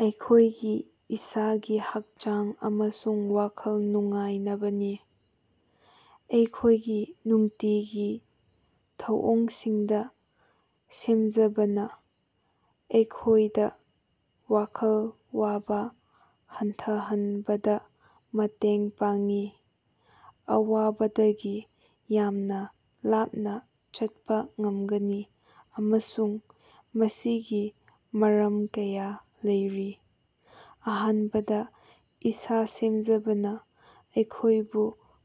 ꯑꯩꯈꯣꯏꯒꯤ ꯏꯁꯥꯒꯤ ꯍꯛꯆꯥꯡ ꯑꯃꯁꯨꯡ ꯋꯥꯈꯜ ꯅꯨꯡꯉꯥꯢꯅꯕꯅꯤ ꯫ ꯑꯩꯈꯣꯏꯒꯤ ꯅꯨꯡꯇꯤꯒꯤ ꯊꯧꯑꯣꯡꯁꯤꯡꯗ ꯁꯦꯝꯖꯕꯅ ꯑꯩꯈꯣꯏꯗ ꯋꯥꯈꯜ ꯋꯥꯕ ꯍꯟꯊꯍꯟꯕꯗ ꯃꯇꯦꯡ ꯄꯥꯡꯏ ꯑꯋꯥꯕꯗꯒꯤ ꯌꯥꯝꯅ ꯂꯥꯞꯅ ꯆꯠꯄꯥ ꯉꯝꯒꯅꯤ ꯑꯃꯁꯨꯡ ꯃꯁꯤꯒꯤ ꯃꯔꯝ ꯀꯌꯥ ꯂꯩꯔꯤ꯫ ꯑꯍꯥꯟꯕꯗ ꯏꯁꯥ ꯁꯦꯝꯖꯕꯅ ꯑꯩꯈꯣꯏꯕꯨ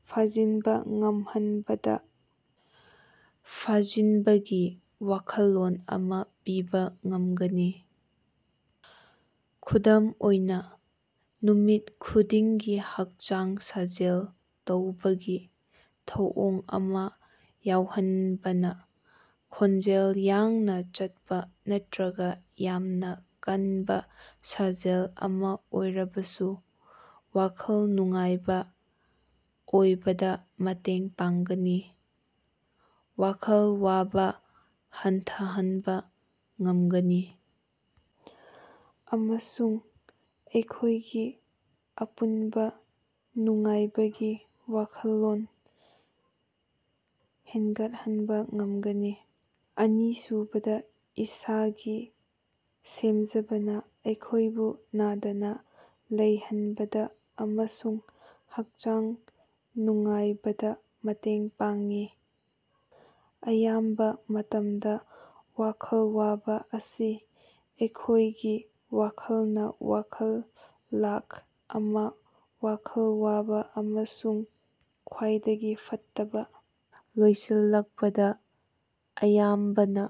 ꯐꯥꯖꯤꯟꯕ ꯉꯝꯍꯟꯕꯗ ꯐꯥꯖꯤꯟꯕꯒꯤ ꯋꯥꯈꯜꯂꯣꯟ ꯑꯃ ꯄꯤꯕ ꯉꯝꯒꯅꯤ꯫ ꯈꯨꯗꯝ ꯑꯣꯏꯅ ꯅꯨꯃꯤꯠ ꯈꯨꯗꯤꯡꯒꯤ ꯍꯛꯆꯥꯡ ꯁꯥꯖꯦꯜ ꯇꯧꯕꯒꯤ ꯊꯧꯑꯣꯡ ꯑꯃ ꯌꯥꯎꯍꯟꯕꯅ ꯈꯣꯡꯖꯦꯜ ꯌꯥꯡꯅ ꯆꯠꯄꯥ ꯅꯠꯇ꯭ꯔꯒ ꯌꯥꯝꯅ ꯀꯟꯕ ꯁꯥꯖꯦꯜ ꯑꯃ ꯑꯣꯏꯔꯕꯁꯨ ꯋꯥꯈꯜ ꯅꯨꯡꯉꯥꯏꯕ ꯑꯣꯏꯕꯗ ꯃꯇꯦꯡ ꯄꯥꯡꯒꯅꯤ꯫ ꯋꯥꯈꯜ ꯋꯥꯕ ꯍꯟꯊꯍꯟꯕ ꯉꯝꯒꯅꯤ ꯑꯃꯁꯨꯡ ꯑꯩꯈꯣꯏꯒꯤ ꯑꯄꯨꯟꯕ ꯅꯨꯡꯉꯥꯏꯕꯒꯤ ꯋꯥꯈꯜꯂꯣꯟ ꯍꯦꯅꯒꯠꯍꯟꯕ ꯉꯝꯒꯅꯤ꯫ ꯑꯅꯤꯁꯨꯕꯗ ꯏꯁꯥꯒꯤ ꯁꯦꯝꯖꯕꯅ ꯑꯩꯈꯣꯏꯕꯨ ꯅꯗꯅ ꯂꯩꯍꯟꯕꯗ ꯑꯃꯁꯨꯡ ꯍꯛꯆꯥꯡ ꯅꯨꯡꯉꯥꯏꯕꯗ ꯃꯇꯦꯡ ꯄꯥꯡꯏ꯫ ꯑꯌꯥꯝꯕ ꯃꯇꯝꯗ ꯋꯥꯈꯜ ꯋꯥꯕ ꯑꯁꯤ ꯑꯩꯈꯣꯏꯒꯤ ꯋꯥꯈꯜꯅ ꯋꯥꯈꯜ ꯂꯥꯈ ꯑꯃ ꯋꯥꯈꯜ ꯋꯥꯕꯥ ꯑꯃꯁꯨꯡ ꯈ꯭ꯋꯥꯏꯗꯒꯤ ꯐꯠꯇꯕꯥ ꯂꯣꯏꯁꯤꯜꯂꯛꯄꯗ ꯑꯌꯥꯝꯕꯅ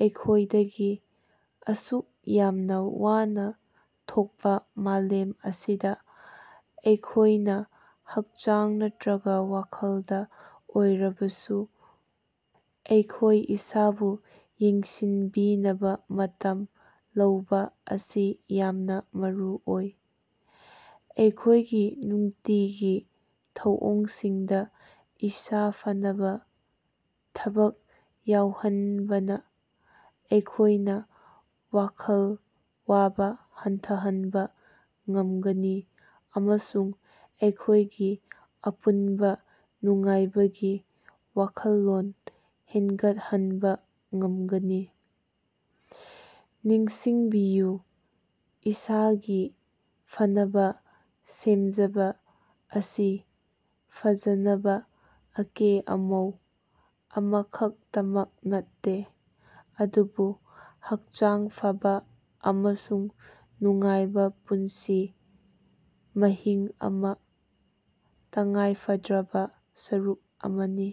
ꯑꯩꯈꯣꯏꯗꯒꯤ ꯑꯁꯨꯛ ꯌꯥꯝꯅ ꯋꯥꯅ ꯊꯣꯛꯄ ꯃꯥꯂꯦꯝ ꯑꯁꯤꯗꯥ ꯑꯩꯈꯣꯏꯅ ꯍꯛꯆꯥꯡ ꯅꯠꯇ꯭ꯔꯒꯥ ꯋꯥꯈꯜꯗ ꯑꯣꯏꯔꯕꯁꯨ ꯑꯩꯈꯣꯏ ꯏꯁꯥꯕꯨ ꯌꯦꯡꯁꯤꯟꯕꯤꯅꯕ ꯃꯇꯝ ꯂꯧꯕꯥ ꯑꯁꯤ ꯌꯥꯝꯅ ꯃꯔꯨꯑꯣꯏ꯫ ꯑꯩꯈꯣꯏꯒꯤ ꯅꯨꯡꯇꯤꯒꯤ ꯊꯧꯑꯣꯡꯁꯤꯡꯗ ꯏꯁꯥ ꯐꯅꯕ ꯊꯕꯛ ꯌꯥꯎꯍꯟꯕꯅ ꯑꯩꯈꯣꯏꯅ ꯋꯥꯈꯜ ꯋꯥꯕ ꯍꯟꯊꯍꯟꯕ ꯉꯝꯒꯅꯤ ꯑꯃꯁꯨꯡ ꯑꯩꯈꯣꯏꯒꯤ ꯑꯄꯨꯟꯕ ꯅꯨꯡꯉꯥꯏꯕꯒꯤ ꯋꯥꯈꯜꯂꯣꯟ ꯍꯦꯟꯒꯠꯍꯟꯕ ꯉꯝꯒꯅꯤ꯫ ꯅꯤꯡꯁꯤꯡꯕꯤꯌꯨ ꯏꯁꯥꯒꯤ ꯐꯅꯕ ꯁꯦꯝꯖꯕ ꯑꯁꯤ ꯐꯖꯅꯕ ꯑꯀꯦ ꯑꯃꯧ ꯑꯃꯈꯛꯇꯃꯛ ꯅꯠꯇꯦ ꯑꯗꯨꯕꯨ ꯍꯛꯆꯥꯡ ꯐꯥꯕ ꯑꯃꯁꯨꯡ ꯅꯨꯡꯉꯥꯏꯕ ꯄꯨꯟꯁꯤ ꯃꯍꯤꯡ ꯑꯃꯒꯤ ꯇꯉꯥꯏꯐꯗ꯭ꯔꯕ ꯁꯔꯨꯛ ꯑꯃꯅꯤ꯫।